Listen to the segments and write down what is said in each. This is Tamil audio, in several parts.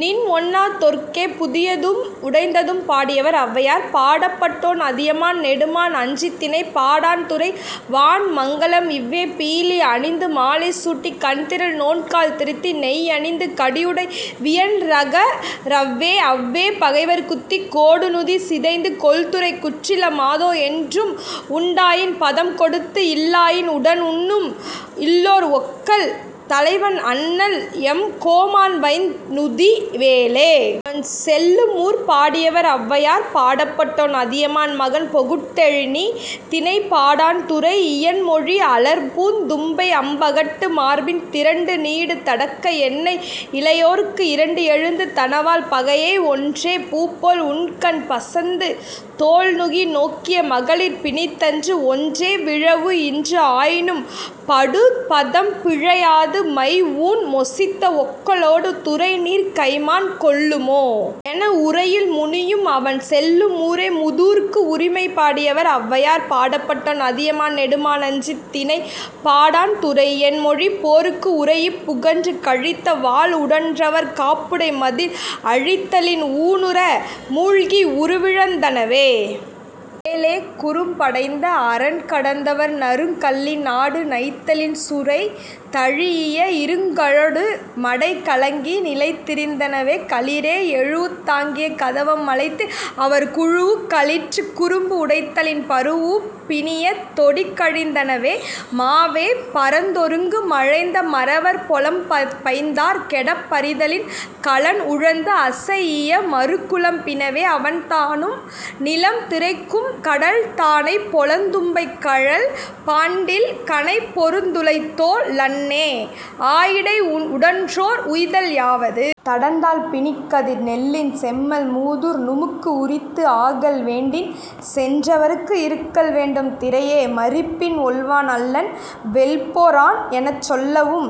நின் ஒன்னா தோர்க்கே.. புதியதும் உடைந்ததும்! பாடியவர்: ஔவையார். பாடப்பட்டோன்: அதியமான் நெடுமான் அஞ்சி. திணை: பாடாண். துறை: வாண் மங்கலம், இவ்வே, பீலி அணிந்து, மாலை சூட்டிக் கண்திரள் நோன்காழ் திருத்தி, நெய் அணிந்து, கடியுடை வியன்ரக ரவ்வே: அவ்வே, பகைவர்க் குத்திக், கோடுநுதி சிதைந்து, கொல்துறைக் குற்றில மாதோ; என்றும் உண் டாயின் பதம் கொடுத்து, இல் லாயின் உடன் உண்ணும், இல்லோர் ஒக்கல் தலைவன், அண்ணல்எம் கோமான், வைந் நுதி வேலே.. அவன் செல்லும் ஊர்! பாடியவர்: ஔவையார். பாடப்பட்டோன்: அதியமான் மகன் பொகுட்டெழினி. திணை: பாடாண். துறை: இயன் மொழி. அலர்பூந் தும்பை அம்பகட்டு மார்பின், திரண்டுநீடு தடக்கை, என்னை இளையோற்கு இரண்டு எழுந்து தனவால், பகையே; ஒன்றே, பூப்போல் உண்கண் பசந்து, தோள் நுகி, நோக்கிய மகளிர்ப் பிணித்தன்று; ஒன்றே, 'விழவு இன்று ஆயினும், படு பதம் பிழை யாது, மைஊன் மொசித்த ஒக்கலொடு, துறை நீர்க் கைமான் கொள்ளு மோ? ' என உறையுள் முனியும், அவன் செல்லும் ஊரே.. மூதூர்க்கு உரிமை! பாடியவர்: ஔவையார். பாடப்பட்டோன்: அதியமான் நெடுமான் அஞ்சி. திணை: பாடாண். துறை: இயன் மொழி. போர்க்கு உரைஇப் புகன்று கழித்த வாள், உடன்றவர் காப்புடை மதில் அழித்தலின், ஊனுற மூழ்கி, உருவிழந் தனவே; வேலே, குறும்படைந்த அரண் கடந்தவர் நறுங் கள்ளின் நாடு நைத்தலின், சுரை தழீஇய இருங் காழொடு மடை கலங்கி நிலைதிரிந் தனவே; களிறே, எழூஉத் தாங்கிய கதவம் மலைத்து, அவர் குழூஉக் களிற்றுக் குறும்பு உடைத்தலின், பரூஉப் பிணிய தொடிகழிந் தனவே; மாவே, பரந்தொருங்கு மலைந்த மறவர் பொலம் பைந்தார் கெடப் பரிதலின், களன் உழந்து அசைஇய மறுக்குளம் பினவே; அவன் தானும், நிலம் திரைக்கும் கடல் தானைப் பொலந் தும்பைக் கழல் பாண்டில் கணை பொருந் துளைத்தோ லன்னே; ஆயிடை, உடன்றோர் உய்தல் யாவது? ' தடந்தாள், பிணிக் கதிர், நெல்லின் செம்மல் மூதூர் நுமுக்குஉரித்து ஆகல் வேண்டின், சென்றவற்கு இறுக்கல் வேண்டும் திறையே; மறிப்பின், ஒல்வான் அல்லன், வெல்போ ரான்' எனச் சொல்லவும்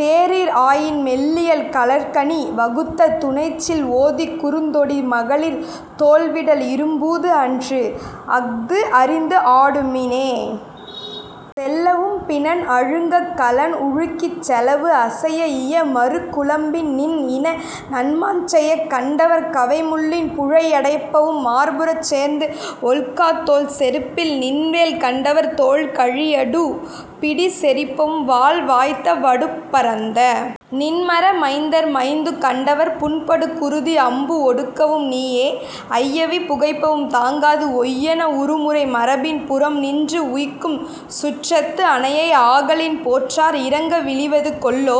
தேறீர் ஆயின், மெல்லியல், கழற் கனி வகுத்த துணைச் சில் ஓதிக் குறுந்தொடி மகளிர் தோள்விடல் இறும்பூது அன்று; அ·து அறிந்துஆ டுமினே.. செல்லவும், பிணன் அழுங்கக் களன் உழிக்கிச் செலவு அசைஇய மறுக் குளம்பின் நின் இன நன்மாச் செயக் கண்டவர் கவை முள்ளின் புழை யடைப்பவும், மார்புறச் சேர்ந்து ஒல்காத் தோல் செறிப்பில் நின்வேல் கண்டவர் தோள் கழியடு பிடி செறிப்பவும், வாள் வாய்த்த வடுப் பரந்த நின் மற மைந்தர் மைந்து கண்டவர் புண்படு குருதி அம்பு ஒடுக்கவும் நீயே, ஐயவி புகைப்பவும் தாங்காது, ஒய்யென, உறுமுறை மரபின் புறம் நின்று உய்க்கும் சுற்றத்து அனையை; ஆகலின், போற்றார் இரங்க விளிவது கொல்லோ;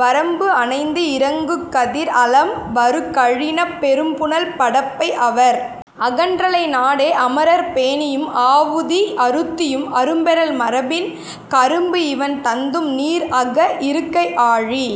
வரம்பு அணைந்து இறங்குகதிர் அலம்வரு கழினப், பெரும்புனல் படப்பை, அவர் அகன்றலை நாடே; அமரர்ப் பேணியும், ஆவுதி அருத்தியும், அரும்பெறல் மரபின் கரும்பு இவண் தந்தும், நீர்அக இருக்கை ஆழி